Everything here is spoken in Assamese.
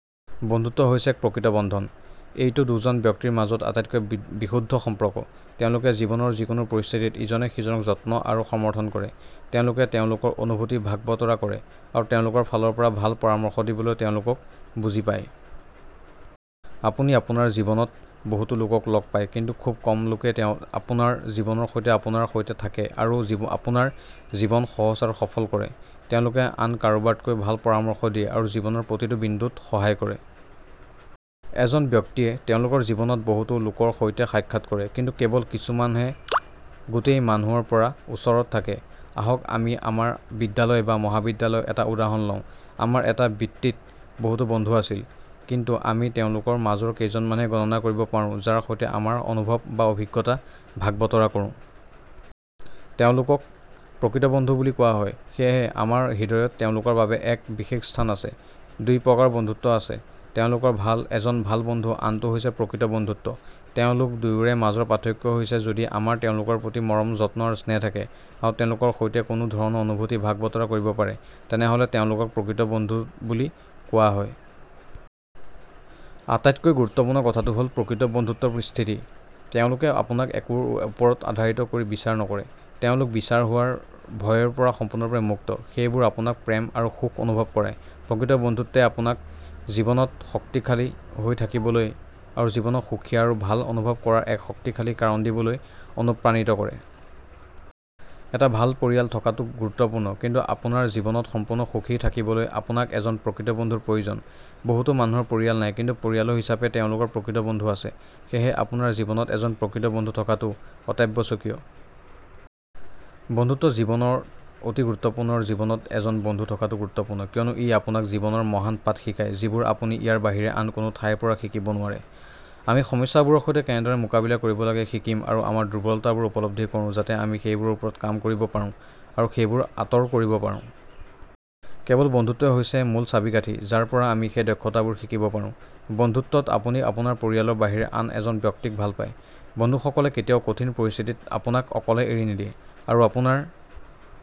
বন্ধুত্ব হৈছে এক প্ৰকৃত বন্ধন। এইটো দুজন ব্যক্তিৰ মাজত আটাইতকৈ বিশুদ্ধ সম্পৰ্ক। তেওঁলোকে জীৱনৰ যিকোনো পৰিস্থিতিত ইজনে সিজনক যত্ন আৰু সমৰ্থন কৰে। তেওঁলোকে তেওঁলোকৰ অনুভূতি ভাগ বতৰা কৰে আৰু তেওঁলোকৰ ফালৰ পৰা ভাল পৰামৰ্শ দিবলৈ তেওঁলোকক বুজি পায়। আপুনি আপোনাৰ জীৱনত বহুতো লোকক লগ পায় কিন্তু খুব কম লোকেই আপোনাৰ জীৱনৰ সৈতে আপোনাৰ সৈতে থাকে আৰু আপোনাৰ জীৱন সহজ আৰু সফল কৰে। তেওঁলোকে আন কাৰোবাতকৈ ভাল পৰামৰ্শ দিয়ে আৰু জীৱনৰ প্ৰতিটো বিন্দুত সহায় কৰে। এজন ব্যক্তিয়ে তেওঁলোকৰ জীৱনত বহুতো লোকৰ সৈতে সাক্ষাৎ কৰে কিন্তু কেৱল কিছুমানহে গোটেই মানুহৰ পৰা ওচৰত থাকে। আহক আমি আমাৰ বিদ্যালয় বা মহাবিদ্যালয়ৰ এটা উদাহৰণ লওঁ, আমাৰ এটা বৃত্তত বহুতো বন্ধু আছিল কিন্তু আমি তেওঁলোকৰ মাজৰ কেইজনমানহে গণনা কৰিব পাৰোঁ যাৰ সৈতে আমি আমাৰ অনুভৱ বা অভিজ্ঞতা ভাগ বতৰা কৰোঁ। তেওঁলোকক প্ৰকৃত বন্ধু বুলি কোৱা হয় সেয়েহে আমাৰ হৃদয়ত তেওঁলোকৰ বাবে এক বিশেষ স্থান আছে। দুই প্ৰকাৰৰ বন্ধুত্ব আছে; তেওঁলোকৰ এজন ভাল বন্ধু আৰু আনটো হৈছে প্ৰকৃত বন্ধুত্ব। তেওঁলোক দুয়োৰে মাজৰ পাৰ্থক্য হৈছে যদি আমাৰ তেওঁলোকৰ প্ৰতি মৰম, যত্ন আৰু স্নেহ থাকে আৰু তেওঁলোকৰ সৈতে যিকোনো ধৰণৰ অনুভূতি ভাগ বতৰা কৰিব পাৰে তেনেহ'লে তেওঁলোকক প্ৰকৃত বন্ধু বুলি কোৱা হয়। আটাইতকৈ গুৰুত্বপূৰ্ণ কথাটো হ'ল, প্ৰকৃত বন্ধুত্বৰ স্থিতিত, তেওঁলোকে আপোনাক একোৰ ওপৰত আধাৰিত কৰি বিচাৰ নকৰে। তেওঁলোক বিচাৰ হোৱাৰ ভয়ৰ পৰা সম্পূৰ্ণৰূপে মুক্ত। সেইবোৰে আপোনাক প্ৰেম আৰু সুখ অনুভৱ কৰায়। প্ৰকৃত বন্ধুত্বে আপোনাক জীৱনত শক্তিশালী হৈ থাকিবলৈ আৰু জীৱনত সুখী আৰু ভাল অনুভৱ কৰাৰ এক শক্তিশালী কাৰণ দিবলৈ অনুপ্ৰাণিত কৰে। এটা ভাল পৰিয়াল থকাটো গুৰুত্বপূৰ্ণ কিন্তু আপোনাৰ জীৱনত সম্পূৰ্ণ সুখী থাকিবলৈ আপোনাক এজন প্ৰকৃত বন্ধুৰ প্ৰয়োজন। বহুতো মানুহৰ পৰিয়াল নাই কিন্তু পৰিয়াল হিচাপে তেওঁলোকৰ প্ৰকৃত বন্ধু আছে। সেয়েহে, আপোনাৰ জীৱনত এজন প্ৰকৃত বন্ধু থকাটো অত্যাৱশ্যকীয়। বন্ধুত্ব জীৱনত অতি গুৰুত্বপূৰ্ণ আৰু জীৱনত এজন বন্ধু থকাটো গুৰুত্বপূৰ্ণ কিয়নো ই আপোনাক জীৱনৰ মহান পাঠ শিকায় যিবোৰ আপুনি ইয়াৰ বাহিৰে আন কোনো ঠাইৰ পৰা শিকিব নোৱাৰে। আমি সমস্যাবোৰৰ সৈতে কেনেদৰে মোকাবিলা কৰিব লাগে শিকিম আৰু আমাৰ দুৰ্বলতাবোৰ উপলব্ধি কৰোঁ যাতে আমি সেইবোৰৰ ওপৰত কাম কৰিব পাৰোঁ আৰু সেইবোৰ আঁতৰ কৰিব পাৰো। কেৱল বন্ধুত্বহৈছে মূল চাবিকাঠি যাৰ পৰা আমি এই দক্ষতাবোৰ শিকিব পাৰোঁ। বন্ধুত্বত, আপুনি আপোনাৰ পৰিয়ালৰ বাহিৰে আন এজন ব্যক্তিক ভাল পায়। বন্ধুসকলে কেতিয়াও কঠিন পৰিস্থিতিত আপোনাক অকলে এৰি নিদিয়ে আৰু আপোনাৰ